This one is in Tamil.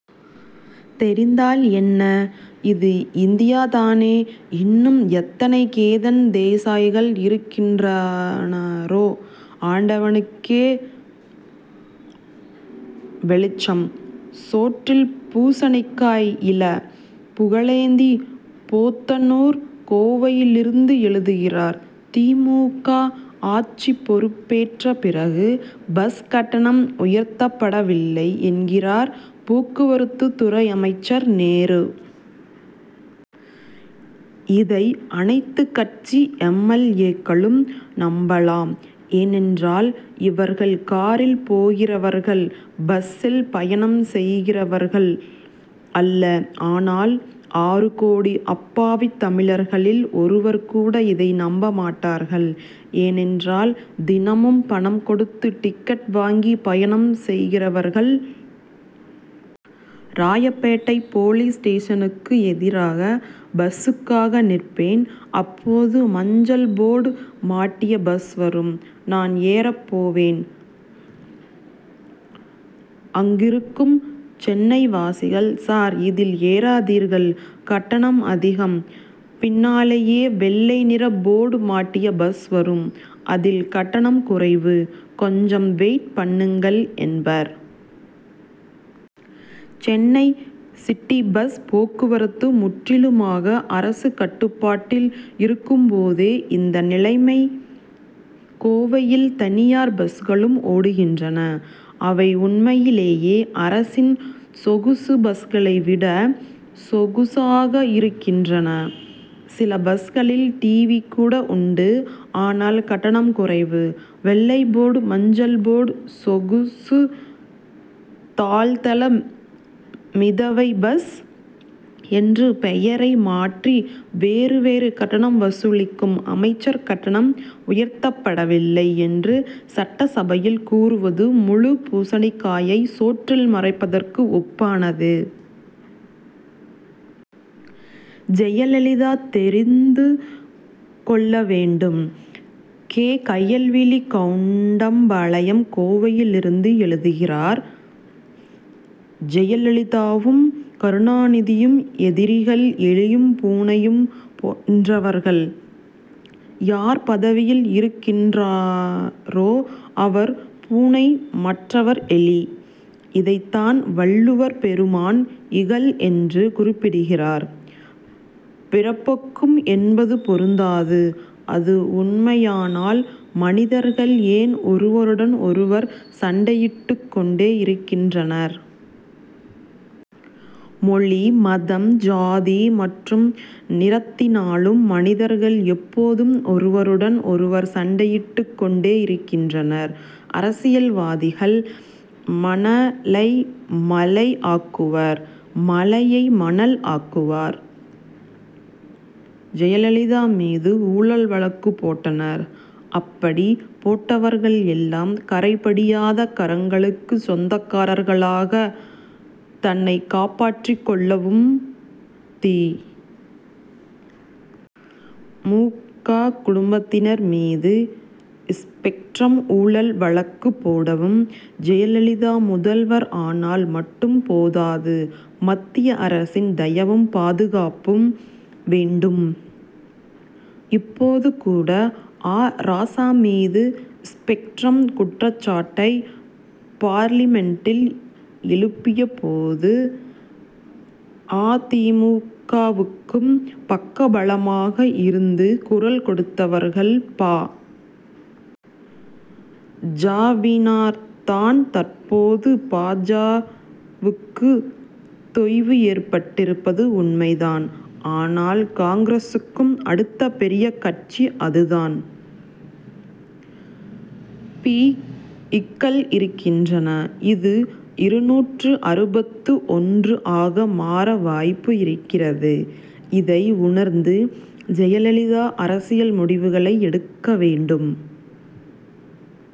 தெரிந்தால் என்ன? இது இந்தியா தானே. இன்னும் எத்தனை கேதன் தேசாய்கள் இருக்கின்றனரோ ஆண்டவனுக்கே வெளிச்சம். சோற்றில் பூசணிக்காய்! இள. புகழேந்தி போத்தனூர் கோவையிலிருந்து எழுதுகிறார் தி. மு. க. ஆட்சி பொறுப்பேற்ற பிறகு பஸ் கட்டணம் உயர்த்தப்படவில்லை என்கிறார் போக்குவரத்துத் துறை அமைச்சர் நேரு. இதை அனைத்துக் கட்சி எம். எல். ஏ.க்களும் நம்பலாம். ஏனென்றால் இவர்கள் காரில் போகிறவர்கள் பஸ்சில் பயணம் செய்கிறவர்கள் அல்ல. ஆனால் ஆறு கோடி அப்பாவித் தமிழர்களில் ஒருவர் கூட இதை நம்ப மாட்டார்கள். ஏனென்றால் தினமும் பணம் கொடுத்து டிக்கெட் வாங்கி பயணம் செய்கிறவர்கள். ராயப்பேட்டை போலீஸ் ஸ்டேஷனுக்கு எதிராக பஸ்சுக்காக நிற்பேன். அப்போது மஞ்சள் போர்டு மாட்டிய பஸ் வரும். நான் ஏறப் போவேன். அங்கிருக்கும் சென்னைவாசிகள் சார் இதில் ஏறாதீர்கள் கட்டணம் அதிகம். பின்னாலேயே வெள்ளை நிற போர்டு மாட்டிய பஸ் வரும் அதில் கட்டணம் குறைவு. கொஞ்சம் வெயிட் பண்ணுங்கள் என்பர். சென்னை சிட்டி பஸ் போக்குவரத்து முற்றிலுமாக அரசு கட்டுப்பாட்டில் இருக்கும்போதே இந்த நிலைமை. கோவையில் தனியார் பஸ்களும் ஓடுகின்றன. அவை உண்மையிலேயே அரசின் சொகுசு பஸ்களை விட சொகுசாக இருக்கின்றன. சில பஸ்களில் டிவி கூட உண்டு ஆனால் கட்டணம் குறைவு. வெள்ளை போர்டு மஞ்சள் போர்டு சொகுசு தாழ்தள மிதவை பஸ் என்று பெயரை மாற்றி வேறு வேறு கட்டணம் வசூலிக்கும் அமைச்சர் கட்டணம் உயர்த்தப்படவில்லை என்று சட்டசபையில் கூறுவது முழுப் பூசணிக்காயை சோற்றில் மறைப்பதற்கு ஒப்பானது. ஜெயலலிதா தெரிந்து கொள்ள வேண்டும்! கே. கயல்விழி கவுண்டம் பாளையம் கோவையிலிருந்து எழுதுகிறார் ஜெயலலிதாவும் கருணாநிதியும் எதிரிகள் எலியும் பூனையும் போன்றவர்கள். யார் பதவியில் இருக்கின்றனரோ அவர் பூனை மற்றவர் எலி. இதைத்தான் வள்ளுவர் பெருமான் இகல் என்று குறிப்பிடுகிறார். பிறப்பொக்கும் என்பது பொருந்தாது. அது உண்மையானால் மனிதர்கள் ஏன் ஒருவருடன் ஒருவர் சண்டையிட்டுக் கொண்டே இருக்கின்றனர்? மொழி மதம் ஜாதி மற்றும் நிறத்தினாலும் மனிதர்கள் எப்போதும் ஒருவருடன் ஒருவர் சண்டையிட்டுக் கொண்டே இருக்கின்றனர். அரசியல்வாதிகள் மணலை மலை ஆக்குவர் மலையை மணல் ஆக்குவர். ஜெயலலிதா மீது ஊழல் வழக்கு போட்டனர். அப்படி போட்டவர்கள் எல்லாம் கறை படியாத கரங்களுக்கு சொந்தக்காரர்களா? தன்னைக் காப்பாற்றிக் கொள்ளவும் தி. மு. க. குடும்பத்தினர் மீது ஸ்பெக்ட்ரம் ஊழல் வழக்கு போடவும் ஜெயலலிதா முதல்வர் ஆனால் மட்டும் போதாது மத்திய அரசின் தயவும் பாதுகாப்பும் வேண்டும். இப்போது கூட ஆ. ராசா மீது ஸ்பெக்ட்ரம் குற்றச் சாட்டை பார்லிமென்டில் எழுப்பியபோது அ. தி. மு. க.வுக்கு பக்கபலமாக இருந்து குரல் கொடுத்தவர்கள் பா. ஜ.வினர் தான். தற்போது பா. ஜ.வுக்கு தொய்வு ஏற்பட்டிருப்பது உண்மைதான். ஆனால் காங்கிரசுக்கு அடுத்த பெரிய கட்சி அதுதான். பி.க்கள் இருக்கின்றனர். இது இருநூற்று அறுபத்தி ஒன்று ஆக மாற வாய்ப்பு இருக்கிறது. இதை உணர்ந்து ஜெயலலிதா அரசியல் முடிவுகளை எடுக்க வேண்டும்.